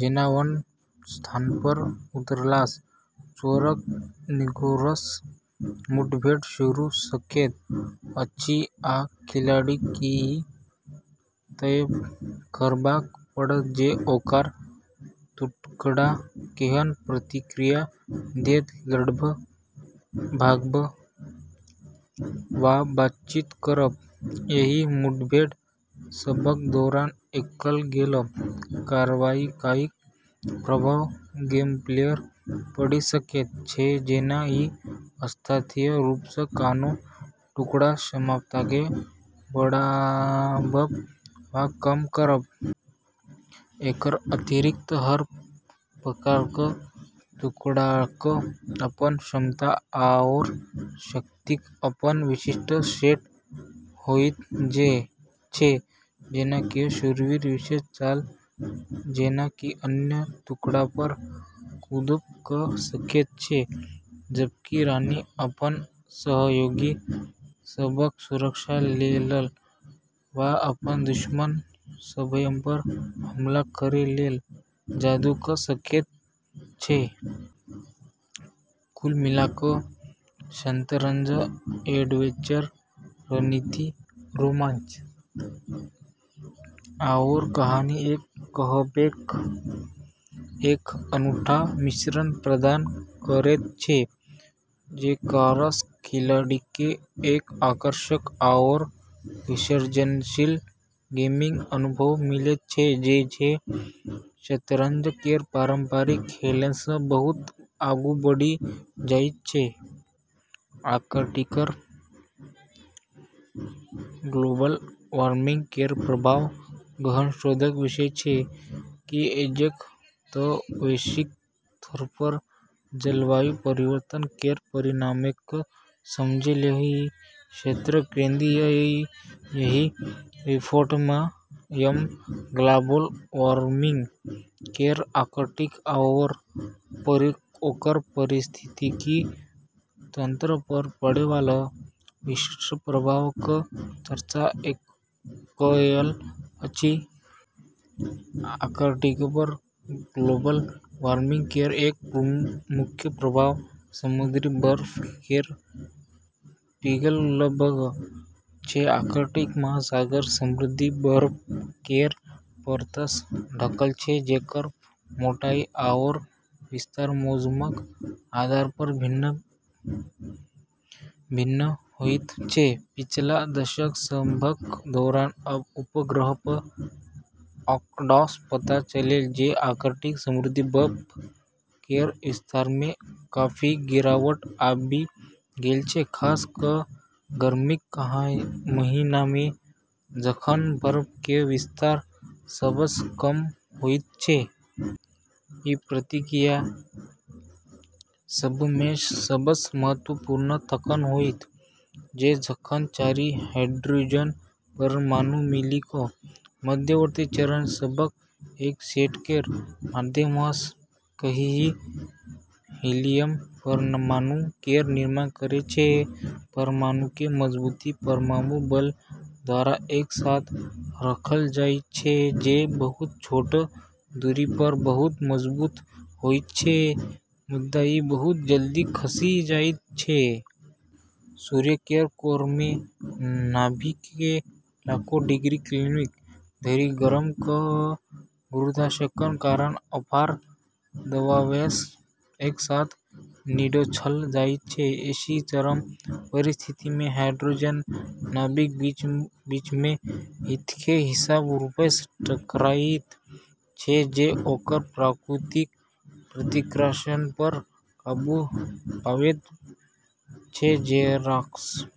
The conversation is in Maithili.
जेना, "वन" स्थानपर उतरलासँ चोरक गिरोहसँ मुठभेड़ शुरू भऽ सकैत अछि, आ खिलाड़ीकेँ ई तय करबाक पड़त जे ओकर टुकड़ा केहन प्रतिक्रिया देत - लड़ब, भागब, वा बातचीत करब। एहि मुठभेड़ सभक दौरान कएल गेल कार्रवाईक प्रभाव गेमप्लेपर पड़ि सकैत छै, जेना कि अस्थायी रूपसँ कोनो टुकड़ाक क्षमताकेँ बढ़ाबब वा कम करब। एकर अतिरिक्त, हर प्रकारक टुकड़ाक अपन क्षमता आओर शक्तिक अपन विशिष्ट सेट होइत छै। जेना कि शूरवीर विशेष चाल जेना कि अन्य टुकड़ापर कूदब कऽ सकैत छै, जबकि रानी अपन सहयोगी सभक सुरक्षा लेल वा अपन दुश्मन सभपर हमला करै लेल जादू कऽ सकैत छै। कुल मिला कऽ शतरंज एडवेंचर रणनीति, रोमांच, आओर कहानी कहबैक एक अनूठा मिश्रण प्रदान करैत छै, जेकरासँ खिलाड़ीकेँ एक आकर्षक आओर विसर्जनशील गेमिंग अनुभव मिलैत छै जे शतरंज केर पारंपरिक खेलसँ बहुत आगू बढ़ि जाइत छै। आर्कटिकपर ग्लोबल वार्मिंग केर प्रभाव गहन शोधक विषय छै, किऐक तऽ वैश्विक स्तरपर जलवायु परिवर्तन केर परिणामकेँ समझै लेल ई क्षेत्र केंद्रीय छै। एहि रिपोर्टमे हम ग्लोबल वार्मिंग केर आर्कटिक आओर ओकर पारिस्थितिकी तंत्रपर पड़ैवाला विशिष्ट प्रभावक चर्चा कएल अछि। आर्कटिकपर ग्लोबल वार्मिंग केर एक मुख्य प्रभाव समुद्री बर्फ केर पिघलब छै। आर्कटिक महासागर समुद्री बर्फ केर परतसँ ढकल छै जेकर मोटाई आओर विस्तार मौसमक आधारपर भिन्न-भिन्न होइत छै। पिछला दशक सभक दौरान उपग्रहक आँकड़ासँ पता चलल छै जे आर्कटिक समुद्री बर्फ केर विस्तारमे काफी गिरावट आबि गेल छै, खास कऽ कऽ गर्मीक महीनामे जखन बर्फ केर विस्तार सबसँ कम होइत छै। ई प्रतिक्रिया सभमेसँ सबसँ महत्वपूर्ण तखन होइत छै जखन चारि हाइड्रोजन परमाणु मिलि कऽ मध्यवर्ती चरण सभक एक सेट केर माध्यमसँ एकही हीलियम परमाणु केर निर्माण करैत छै। परमाणुकेँ मजबूत परमाणु बल द्वारा एक साथ रखल जाइत छै, जे बहुत छोट दूरीपर बहुत मजबूत होइत छै मुदा, ई बहुत जल्दी खसि जाइत छै। सूर्य केर कोरमे नाभिककेँ लाखो डिग्री केल्विन धरि गरम कऽ कऽ गुरुत्वाकर्षणक कारण अपार दबावसँ एक साथ निचोड़ल जाइत छै। एहि चरम परिस्थितिमे हाइड्रोजन नाभिक बीच-बीचमे एतेक हिंसक रूपसँ टकराइत छै जे ओकर प्राकृतिक प्रतिकर्षणपर काबू पाबैत छै, जेकरासँ।